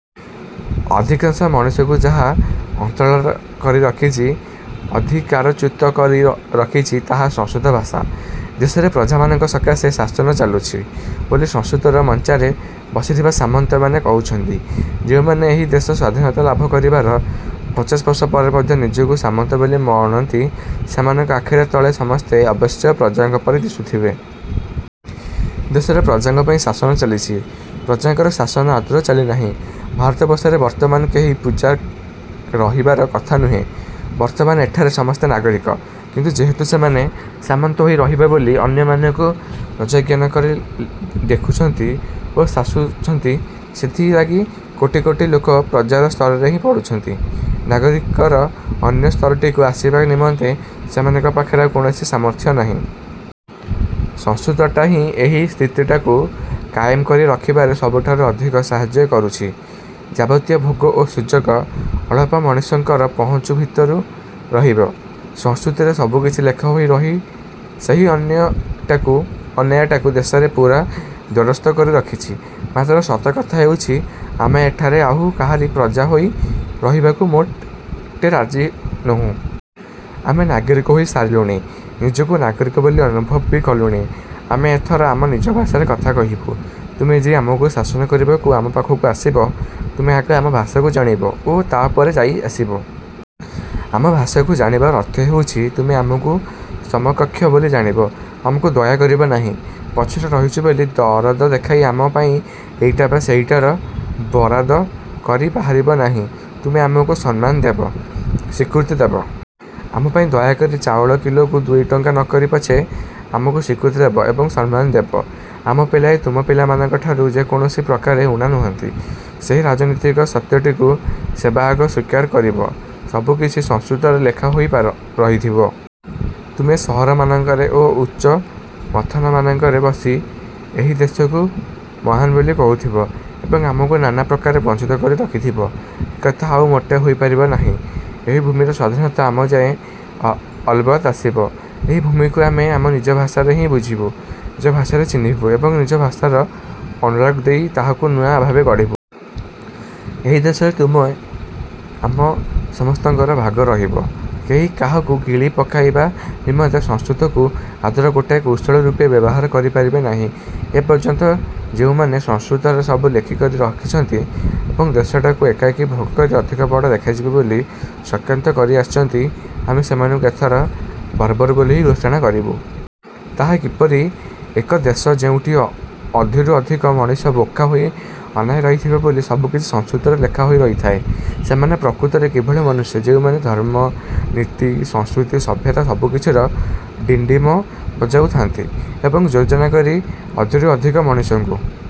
ଅଧିକାଂଶ ମଣିଷଙ୍କୁ ଯାହା ଅନ୍ତରାଳ କରି ରଖିଛି, ଅଧିକାରଚ୍ୟୁତ କରି ରଖିଛି ତାହା ସଂସ୍କୃତ ଭାଷା। ଦେଶରେ ପ୍ରଜାମାନଙ୍କ ସକାଶେ ଶାସନ ଚାଲୁଛି ବୋଲି ସଂସ୍କୃତର ମଞ୍ଚାରେ ବସିଥିବା ସାମନ୍ତମାନେ କହୁଛନ୍ତି। ଯେଉଁମାନେ ଏହି ଦେଶ ସ୍ୱାଧୀନତା ଲାଭ କରିବାର ପଚାଶବର୍ଷ ପରେ ମଧ୍ୟ ନିଜକୁ ସାମନ୍ତ ବୋଲି ମଣନ୍ତି, ସେମାନଙ୍କ ଆଖିରେ ତଳେ ସମସ୍ତେ ଅବଶ୍ୟ ପ୍ରଜାଙ୍କ ପରି ଦିଶୁଥିବେ। ଦେଶରେ ପ୍ରଜାଙ୍କ ପାଇଁ ଶାସନ ଚାଲିଛଚି, ପ୍ରଜାଙ୍କର ଶାସନ ଆଦୌ ଚାଲିନାହିଁ। ଭାରତବର୍ଷରେ ବର୍ତ୍ତମାନ କେହି ପ୍ପୁଜା ରହିବାର କଥା ନୁହେଁ। ବର୍ତ୍ତମାନ ଏଠାରେ ସମସ୍ତେ ନାଗରିକ। କିନ୍ତୁ, ଯେହେତୁ ସେମାନେ ସାମନ୍ତ ହୋଇ ରହିବେ ବୋଲି ଅନ୍ୟମାନଙ୍କୁ ପ୍ରଜାଜ୍ଞାନ କରି ଦେଖୁଛନ୍ତି ଓ ଶାସୁଛନ୍ତି, ସେଥିଲାଗି କୋଟି କୋଟି ଲୋକ ପ୍ରଜାର ସ୍ତରରେ ହିଁ ପଡ଼ିଛନ୍ତି, ନାଗରିକର ଅନ୍ୟ ସ୍ତରଟିକୁ ଆସିବା ନିମନ୍ତେ ସେମାନଙ୍କ ପାଖରେ ଆଉ କୌଣସି ସାମର୍ଥ୍ୟ ନାହିଁ। ସଂସ୍କୃତଟା ହିଁ ଏହି ସ୍ଥିତିଟାକୁ କାଏମ କରି ରଖିବାରେ ସବୁଠାରୁ ଅଧିକ ସାହାଯ୍ୟ କରୁଛି। ଯାବତୀୟ ଭୋଗ ଓ ସୁଯୋଗ ଅଳପ ମଣିଷଙ୍କର ପହୁଞ୍ଚ ଭିତରେ ରହିବ, ସଂସ୍କୃତରେ ସବୁକିଛି ଲେଖା ହୋଇ ରହି ସେହି ଅନ୍ୟାଟା ଅନ୍ୟାୟଟାକୁ ଦେଶରେ ପୂରା ଦୋରସ୍ତ କରି ରଖିଛି। ମାତ୍ର ସତ କଥା ହେଉଛି, ଆମେ ଏଠାରେ ଆଉ କାହାରି ପ୍ରଜା ହୋଇ ରହିବାକୁ ମୋଟେ ରାଜି ନୋହୁଁ। ଆମେ ନାଗରିକ ହୋଇ ସାରିଲୁଣି। ନିଜକୁ ନାଗରିକ ବୋଲି ଅନୁଭବ ବି କଲୁଣି। ଆମେ ଏଥର ଆମ ନିଜ ଭାଷାରେ କଥା କହିବୁ। ତୁମେ ଯିଏ ଆମକୁ ଶାସନ କରିବାକୁ ଆମ ପାଖକୁ ଆସିବ, ତୁମେ ଆଗ ଆମ ଭାଷାକୁ ଜାଣିବ ଓ ତା'ପରେ ଯାଇ ଆସିବ। ଆମ ଭାଷାକୁ ଜାଣିବାର ଅର୍ଥ ହେଉଛି, ତୁମେ ଆମକୁ ସମକକ୍ଷ ବୋଲି ଜାଣିବ। ଆମକୁ ଦୟା କରିବ ନାହିଁ। ପଛରେ ରହିଛୁ ବୋଲି ଦରଦ ଦେଖାଇ ଆମ ପାଇଁ ଏଇଟା ବା ସେଇଟାର ବରାଦ କରି ବାହାରିବ ନାହିଁ। ତୁମେ ଆମକୁ ସମ୍ମାନ ଦେବ, ସ୍ୱୀକୃତି ଦେବ। ଆମ ପାଇଁ ଦୟାକରି ଚାଉଳ କିଲୋକୁ ଦୁଇଟଙ୍କା ନକରିବ ପଛେ, ଆମକୁ ସ୍ୱୀକୃତି ଦେବ ଏବଂ ସମ୍ମାନ ଦେବ। ଆମ ପିଲାଏ ତୁମ ପିଲାମାନଙ୍କ ଠାରୁ ଯେ କୌଣସି ପ୍ରକାରେ ଊଣା ନୁହନ୍ତି, ସେହି ରାଜନୀତିକ ସତ୍ୟଟିକୁ ସବାଆଗ ସ୍ୱୀକାର କରିବ। ସବୁକିଛି ସଂସ୍କୃତରେ ଲେଖା ହୋଇ ରହିଥିବ। ତୁମେ ସହରମାନଙ୍କରେ ଓ ଉଚ୍ଚ ମଥାନମାନଙ୍କରେ ବସି ଏହି ଦେଶକୁ ମହାନ ବୋଲି କହୁଥିବ ଏବଂ ଆମକୁ ନାନା ପ୍ରକାରେ ବଞ୍ଚିତ କରି ରଖିଥିବ, ଏକଥା ଆଉ ମୋଟେ ହୋଇପାରିବ ନାହିଁ। ଏହି ଭୂମିର ସ୍ୱାଧୀନତା ଆମଯାଏ ଅଲବତ ଆସିବ। ଏହି ଭୂମିକୁ ଆମେ ଆମ ନିଜ ଭାଷାରେ ହିଁ ବୁଝିବୁ, ନିଜ ଭାଷାରେ ଚିହ୍ନିବୁ ଏବଂ ନିଜ ଭାଷାର ଅନୁରାଗ ଦେଇ ତାହାକୁ ନୂଆ ଭାବେ ଗଢ଼ିବୁ। ଏହି ଦେଶରେ ତୁମ ଆମ ସମସ୍ତଙ୍କର ଭାଗ ରହିବ, କେହି କାହାକୁ ଗିଳି ପକାଇବା ନିମନ୍ତେ ସଂସ୍କୃତକୁ ଆଦୌ ଗୋଟାଏ କୌଶଳ ରୂପେ ବ୍ୟବହାର କରିପାରିବେ ନାହିଁ। ଏପର୍ଯ୍ୟନ୍ତ ଯେଉଁମାନେ ସଂସ୍କୃତରେ ସବୁ ଲେଖିକରି ରଖିଛନ୍ତି ଏବଂ ଦେଶଟାକୁ ଏକାକୀ ଭୋଗକରି ଅଧିକ ବଡ଼ ଦେଖାଯିବେ ବୋଲି ଚକ୍ରାନ୍ତ କରି ଆସିଛନ୍ତି, ଆମେ ସେମାନଙ୍କୁ ଏଥର ବର୍ବର ବୋଲି ହିଁ ଘୋଷଣା କରିବୁ। ତାହା କିପରି ଏକ ଦେଶ, ଯେଉଁଠି ଅଧରୁ ଅଧିକ ମଣିଷ ବୋକା ହୋଇ ଅନାଇ ରହିଥିବେ ବୋଲି ସବୁକିଛି ସଂସ୍କୃତରେ ଲେଖାହୋଇ ରହିଥାଏ? ସେମାନେ ପ୍ରକୃତରେ କିଭଳି ମନୁଷ୍ୟ, ଯେଉଁମାନେ ଧର୍ମ, ନୀତି, ସଂସ୍କୃତି, ସଭ୍ୟତା ସବୁକିଛିର ଡ଼ିଣ୍ଡିମ ବଜାଉ ଥାଆନ୍ତି ଏବଂ ଯୋଜନା କରି ଅଧରୁ ଅଧିକ ମଣିଷଙ୍କୁ